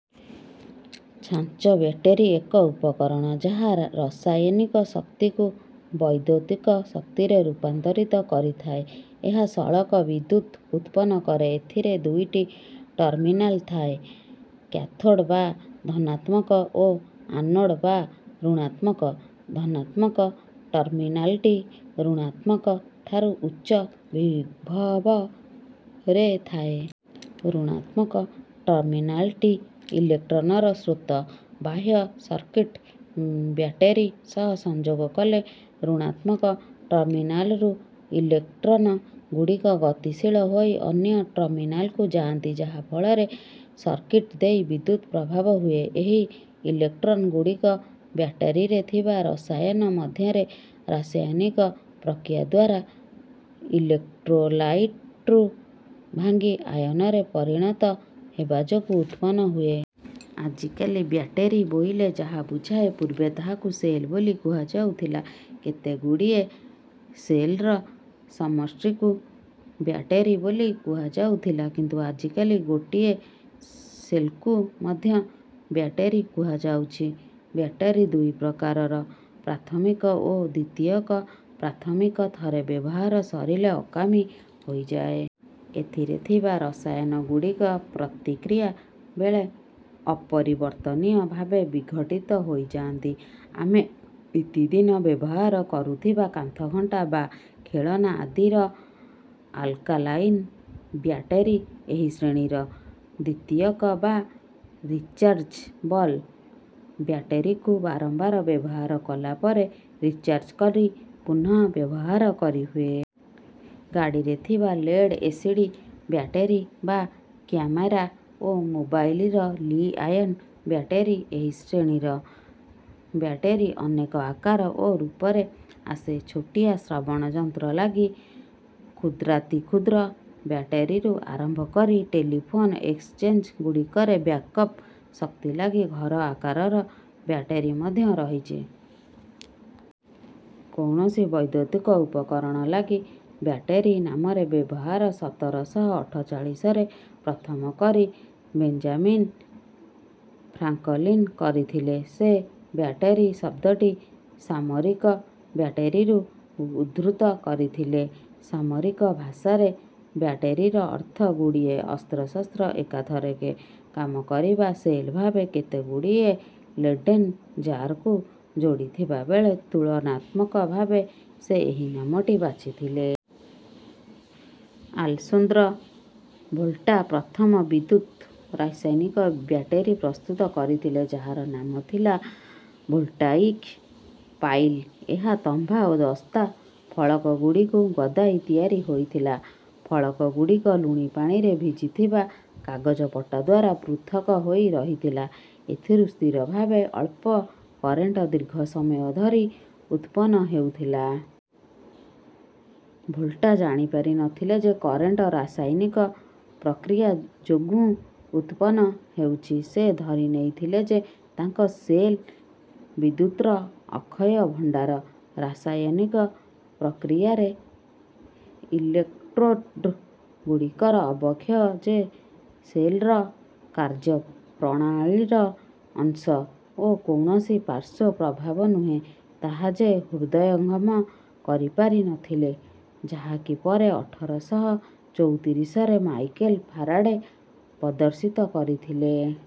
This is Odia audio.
ଛାଞ୍ଚ ବ୍ୟାଟେରୀ ଏକ ଉପକରଣ ଯାହା ରସାୟନିକ ଶକ୍ତିକୁ ବୈଦ୍ୟୁତିକ ଶକ୍ତିରେ ରୂପାନ୍ତରିତ କରିଥାଏ। ଏହା ସଳଖ ବିଦ୍ୟୁତ୍ ଉତ୍ପନ୍ନ କରେ। ଏଥିରେ ଦୁଇଟି ଟର୍ମିନାଲ ଥାଏ କ୍ୟାଥୋଡ଼ ବା ଧନାତ୍ମକ ଓ ଆନୋଡ଼ ବା ଋଣାତ୍ମକ। ଧନାତ୍ମକ ଟର୍ମିନାଲଟି ଋଣାତ୍ମକ ଠାରୁ ଉଚ୍ଚ ବିଭବ ରେ ଥାଏ। ଋଣାତ୍ମକ ଟର୍ମିନାଲଟି ଇଲେକ୍ଟ୍ରନର ସ୍ରୋତ। ବାହ୍ୟ ସର୍କିଟ ବ୍ୟାଟେରୀ ସହ ସଂଯୋଗ କଲେ, ଋଣାତ୍ମକ ଟର୍ମିନାଲରୁ ଇଲେକ୍ଟ୍ରନ ଗୁଡ଼ିକ ଗତିଶୀଳ ହୋଇ ଅନ୍ୟ ଟର୍ମିନାଲକୁ ଯାଆନ୍ତି ଯାହା ଫଳରେ ସର୍କିଟ ଦେଇ ବିଦ୍ୟୁତ୍ ପ୍ରବାହ ହୁଏ। ଏହି ଇଲେକ୍ଟ୍ରନ ଗୁଡ଼ିକ ବ୍ୟାଟେରୀରେ ଥିବା ରସାୟନ ମଧ୍ୟରେ ରାସାୟନିକ ପ୍ରକ୍ରିୟାଦ୍ୱାରା ଇଲେକ୍ଟ୍ରୋଲାଇଟ୍ରୁ ଭାଙ୍ଗି ଆୟନରେ ପରିଣତ ହେବା ଯୋଗୁଁ ଉତ୍ପନ୍ନ ହୁଏ। ଆଜିକାଲି ବ୍ୟାଟେରୀ ବୋଇଲେ ଯାହା ବୁଝାଏ, ପୂର୍ବେ ତାହାକୁ ସେଲ୍ ବୋଲି କୁହାଯାଉଥିଲା। କେତେ ଗୁଡ଼ିଏ ସେଲ୍ର ସମଷ୍ଟିକୁ ବ୍ୟାଟେରୀ ବୋଲି କୁହାଯାଉଥିଲା, କିନ୍ତୁ ଆଜିକାଲି ଗୋଟିଏ ସେଲ୍କୁ ମଧ୍ୟ ବ୍ୟାଟେରୀ କୁହାଯାଉଛି। ବ୍ୟାଟେରୀ ଦୁଇ ପ୍ରକାରର ପ୍ରାଥମିକ ଓ ଦ୍ୱିତୀୟକ। ପ୍ରାଥମିକ ଥରେ ବ୍ୟବହାର ସରିଲେ ଅକାମୀ ହୋଇଯାଏ। ଏଥିରେ ଥିବା ରସାୟନ ଗୁଡ଼ିକ ପ୍ରତିକ୍ରିୟା ବେଳେ ଅପରିବର୍ତ୍ତନୀୟ ଭାବେ ବିଘଟିତ ହୋଇଯାଆନ୍ତି। ଆମେ ନିତିଦିନ ବ୍ୟବହାର କରୁଥିବା କାନ୍ଥଘଣ୍ଟା ବା ଖେଳଣା ଆଦିର ଆଲକାଲାଇନ ବ୍ୟାଟେରୀ ଏହି ଶ୍ରେଣୀର। ଦ୍ୱିତୀୟକ ବା ରିଚାର୍ଜବଲ ବ୍ୟାଟେରୀକୁ ବାରମ୍ବାର ବ୍ୟବହାର କଲା ପରେ ରିଚାର୍ଜ କରି ପୁନଃବ୍ୟବହାର କରିହୁଏ। ଗାଡ଼ିରେ ଥିବା ଲେଡ ଏସିଡ ବ୍ୟାଟେରୀ ବା କ୍ୟାମେରା ଓ ମୋବାଇଲର ଲି-ଆୟନ ବ୍ୟାଟେରୀ ଏହି ଶ୍ରେଣୀର। ବ୍ୟାଟେରୀ ଅନେକ ଆକାର ଓ ରୂପରେ ଆସେ। ଛୋଟିଆ ଶ୍ରବଣଯନ୍ତ୍ର ଲାଗି କ୍ଷୁଦ୍ରାତିକ୍ଷୁଦ୍ର ବ୍ୟାଟେରୀରୁ ଆରମ୍ଭ କରି ଟେଲିଫୋନ ଏକ୍ସଚେଞ୍ଜ ଗୁଡ଼ିକରେ ବ୍ୟାକଅପ ଶକ୍ତି ଲାଗି ଘର ଆକାରର ବ୍ୟାଟେରୀ ମଧ୍ୟ ରହିଚି। କୌଣସି ବୈଦ୍ୟୁତିକ ଉପକରଣ ଲାଗି ବ୍ୟାଟେରୀ ନାମର ବ୍ୟବହାର ସତର ଶହ ଅଠଚାଳିଶରେ ପ୍ରଥମ କରି ବେଞ୍ଜାମିନ ଫ୍ରାଙ୍କଲିନ କରିଥିଲେ। ସେ ବ୍ୟାଟେରୀ ଶବ୍ଦଟି ସାମରିକ ବ୍ୟାଟେରୀରୁ ଉଦ୍ଧୃତ କରିଥିଲେ। ସାମରିକ ଭାଷାରେ ବ୍ୟାଟେରୀର ଅର୍ଥ ଗୁଡ଼ିଏ ଅସ୍ତ୍ର-ଶସ୍ତ୍ର ଏକାଥରକେ କାମ କରିବା। ସେଲ୍ ଭାବେ କେତେଗୁଡିଏ ଲେଡ଼େନ୍ ଜାରକୁ ଯୋଡ଼ିଥିବା ବେଳେ ତୁଳନାତ୍ମକ ଭାବେ ସେ ଏହି ନାମଟି ବାଛିଥିଲେ। ଆଲେସାନ୍ଦ୍ରୋ ଭୋଲ୍ଟା, ପ୍ରଥମ ବିଦ୍ୟୁତ୍-ରସାୟନିକ ବ୍ୟାଟେରୀ ପ୍ରସ୍ତୁତ କରିଥିଲେ, ଯାହାର ନାମ ଥିଲା ଭୋଲ୍ଟାଇକ ପାଇଲ୍। ଏହା ତମ୍ବା ଓ ଦସ୍ତା ଫଳକ ଗୁଡ଼ିକୁ ଗଦାଇ ତିଆରି ହୋଇଥିଲା। ଫଳକ ଗୁଡିକ ଲୁଣିପାଣିରେ ଭିଜିଥିବା କାଗଜପଟାଦ୍ୱାରା ପୃଥକ୍ ହୋଇ ରହିଥିଲା। ଏଥିରୁ ସ୍ଥିର ଭାବେ ଅଳ୍ପ କରେଣ୍ଟ ଦୀର୍ଘ ସମୟ ଧରି ଉତ୍ପନ୍ନ ହେଉଥିଲା। ଭୋଲ୍ଟା ଜାଣିପାରି ନଥିଲେ ଯେ କରେଣ୍ଟ, ରାସାୟନିକ ପ୍ରକ୍ରିୟା ଯୋଗୁଁ ଉତ୍ପନ୍ନ ହେଉଚି। ସେ ଧରିନେଇଥିଲେ ଯେ ତାଙ୍କ ସେଲ୍ ବିଦ୍ୟୁତ୍ର ଅକ୍ଷୟ ଭଣ୍ଡାର। ରାସାୟନିକ ପ୍ରକ୍ରିୟାରେ ଇଲେକ୍ଟ୍ରୋଡ ଗୁଡ଼ିକର ଅବକ୍ଷୟ ଯେ ସେଲ୍ର କାର୍ଯ୍ୟପ୍ରଣାଳୀର ଅଂଶ ଓ କୌଣସି ପାର୍ଶ୍ୱ ପ୍ରଭାବ ନୁହେଁ ତାହା ସେ ହୃଦୟଙ୍ଗମ କରିପାରିନଥିଲେ, ଯାହାକି ପରେ ଅଠର ଶହ ଚଉତିରିଶରେ ମାଇକେଲ ଫାରାଡ଼େ ପଦର୍ଶିତ କରିଥିଲେ।